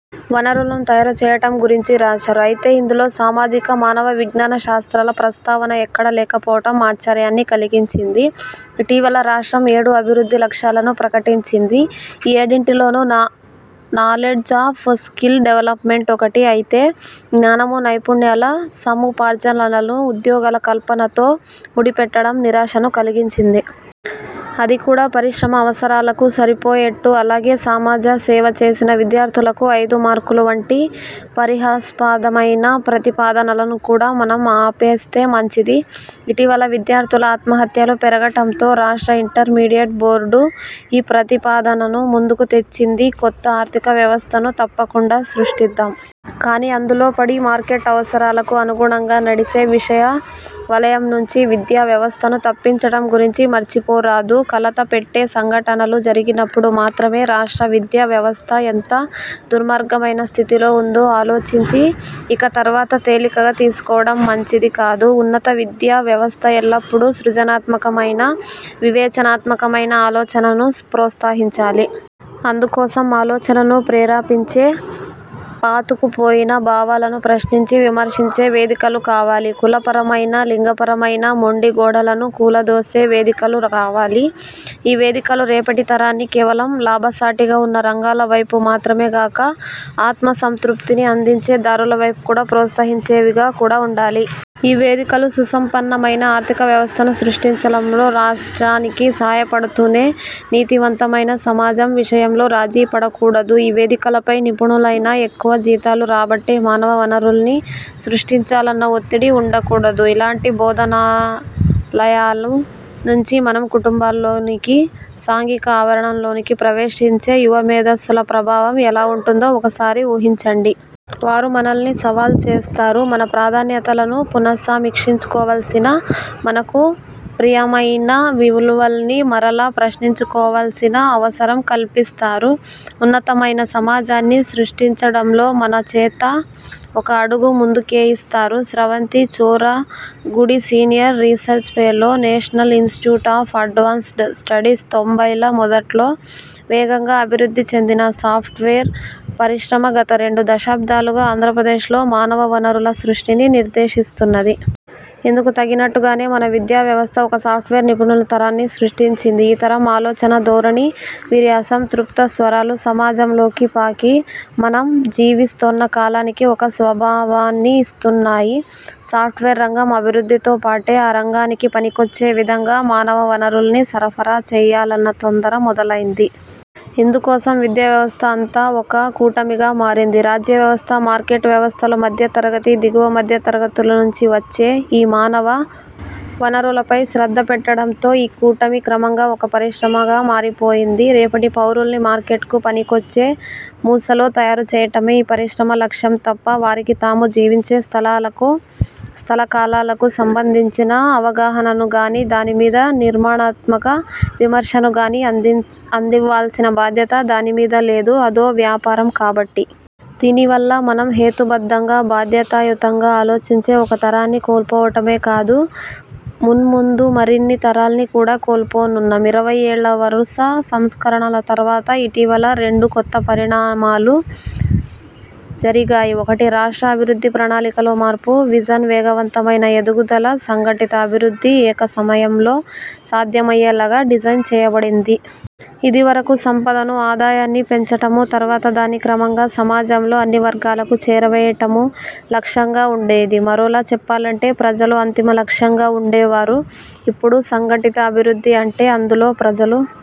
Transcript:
వనరులను తయారు చేయటం గురించి రాశారు. అయితే ఇందులో సామాజిక, మానవ విజ్ఞాన శాస్త్రాల ప్రస్తావన ఎక్కడా లేకపోవటం ఆశ్చర్యాన్ని కలిగించింది. ఇటీవల రాష్ట్రం ఏడు అభివృద్ధి లక్ష్యాలను ప్రకటించింది. ఈ ఏడింటిలోనూ నా నాలెడ్జ్ అఫ్ స్కిల్ డెవలెప్మెంట్' ఒకటి. అయితే జ్ఞానమూ, నైపుణ్యాల సముపార్జనలను ఉద్యోగాల కల్పనతో ముడిపెట్టడం నిరాశను కలిగించింది. అదికూడా, పరిశ్రమ అవసరాలకు సరిపోయేట్టు. అలాగే, ''సమాజ సేవ చేసిన విద్యార్థులకు ఐదు మార్కులు'' వంటి పరిహాసాస్పదమైన ప్రతిపాదనలను కూడా మనం ఆపేస్తే మంచిది. ఇటీవల విద్యార్థుల ఆత్మహత్యలు పెరగటంతో రాష్ట్ర ఇంటర్మీడియట్ బోర్డు ఈ ప్రతిపాదనను ముందుకు తెచ్చింది. కొత్త ఆర్థిక వ్యవస్థను తప్పకుండా సృష్టిద్దాం. కానీ అందులోపడి మార్కెట్ అవసరాలకు అనుగుణంగా నడిచే విషవలయంనుంచి విద్యావ్యవస్థను తప్పించటం గురించి మర్చిపోరాదు. కలతపెట్టే సంఘటనలు జరిగినప్పుడు మాత్రమే రాష్ట్ర విద్యావ్యవస్థ ఎంత దుర్మార్గమైన స్థితిలో ఉందో ఆలోచించి, ఇక తర్వాత తేలికగా తీసుకోవడం మంచిది కాదు. ఉన్నత విద్యా వ్యవస్థ ఎల్లప్పుడూ సృజనాత్మకమైన, వివేచనాత్మకమైన ఆలోచనను ప్రోత్సహించాలి. అందుకోసం ఆలోచనను ప్రేరేపించే, పాతుకుపోయిన భావాలను ప్రశ్నించి విమర్శించే వేదికలు కావాలి కులపరమైన లింగపరమైన మొండి గోడలను కూలదోసే వేదికలు కావాలి. ఈ వేదికలు రేపటి తరాల్ని కేవలం లాభసాటిగా ఉన్న రంగాలవైపు మాత్రమేగాక, ఆత్మసంతృప్తిని అందించే దారుల వైపు కూడా ప్రోత్సహించేవిగా కూడా ఉండాలి. ఈ వేదికలు సుసంపన్నమైన ఆర్థిక వ్యవస్థను సృష్టించటంలో రాష్ట్రానికి సాయపడుతూనే, నీతివంతమైన సమాజం విషయంలో రాజీపడకూడదు. ఈ వేదికలపై నిపుణులైన, ఎక్కువ జీతాలు రాబట్టే మానవ వనరుల్ని సృష్టించాలన్న ఒత్తిడి ఉండకూడదు. ఇలాంటి బోధనాలయాల నుంచి మన కుటుంబాల్లోనికీ, సాంఘిక ఆవరణల్లోనికీ ప్రవేశించే యువ మేధస్సుల ప్రభావం ఎలా ఉంటుందో ఒకసారి ఊహించండి. వారు మనల్ని సవాల్ చేస్తారు. మన ప్రాధాన్యతలను పునస్సమీక్షించుకోవాల్సిన, మనకు ప్రియమైన విలువల్ని మరలా ప్రశ్నించుకోవాల్సిన అవసరం కల్పిస్తారు. ఉన్నతమైన సమాజాన్ని సృష్టించడంలో మన చేత ఒక అడుగు ముందుకేయిస్తారు. Sravanti Choragudi senior research fellow, national institute of advanced studies తొంభైల మొదట్లో వేగంగా అభివృద్ధి చెందిన సాఫ్ట్వేర్ పరిశ్రమ గత రెండు దశాబ్దాలుగా ఆంధ్రప్రదేశ్లో మానవ వనరుల సృష్టిని నిర్దేశిస్తున్నది. ఇందుకు తగినట్టుగానే మన విద్యా వ్యవస్థ ఒక సాఫ్ట్వేర్ నిపుణుల తరాన్ని సృష్టించింది. ఈ తరం ఆలోచనా ధోరణి, వీరి అసంతృప్త స్వరాలూ సమాజంలోకి పాకి మనం జీవిస్తోన్న కాలానికి ఒక స్వభావాన్నిస్తున్నాయి. సాఫ్ట్వేర్ రంగం అభివృద్ధితో పాటే, ఆ రంగానికి పనికొచ్చే విధంగా మానవ వనరుల్ని సరఫరా చేయాలన్న తొందర మొదలైంది. ఇందుకోసం విద్యావ్యవస్థ అంతా ఒక కూటమిగా మారింది. రాజ్య వ్యవస్థ, మార్కెట్ వ్యవస్థలు మధ్యతరగతి, దిగువ మధ్యతరగతుల నుంచి వచ్చే ఈ మానవ వనరులపై శ్రద్ధపెట్టడంతో, ఈ కూటమి క్రమంగా ఒక పరిశ్రమగా మారిపోయింది. రేపటి పౌరుల్ని మార్కెట్కు పనికొచ్చే మూసలో తయారు చేయటమే ఈ పరిశ్రమ లక్ష్యం తప్ప, వారికి తాము జీవించే స్థలకాలాలకు సంబంధించిన అవగాహనను గానీ, దాని మీద నిర్మాణాత్మక విమర్శను గానీ అంది అందివ్వాల్సిన బాధ్యత దాని మీద లేదు అదో వ్యాపారం కాబట్టి. దీని వల్ల మనం హేతుబద్ధంగా, బాధ్యతాయుతంగా ఆలోచించే ఒక తరాన్ని కోల్పోవటమే కాదు, మున్ముందు మరిన్ని తరాల్ని కూడా కోల్పోనున్నాం. ఇరవై ఏళ్ళ వరుస సంస్కరణల తర్వాత ఇటీవల రెండు కొత్త పరిణామాలు జరిగాయి. ఒకటి, రాష్ట్ర అభివృద్ధి ప్రణాళికలో మార్పు. విజన్ వేగవంతమైన ఎదుగుదల, సంఘటిత అభివృద్ధి ఏక సమయంలో సాధ్యమయ్యేలాగా డిజైన్ చేయబడింది. ఇదివరకు సంపదనూ ఆదాయాన్నీ పెంచటమూ, తర్వాత దాన్ని క్రమంగా సమాజంలో అన్ని వర్గాలకు చేరవేయటమూ లక్ష్యంగా ఉండేది. మరోలా చెప్పాలంటే, ప్రజలు అంతిమ లక్ష్యంగా ఉండేవారు. ఇప్పుడు సంఘటిత అభివృద్ధి అంటే అందులో ప్రజలు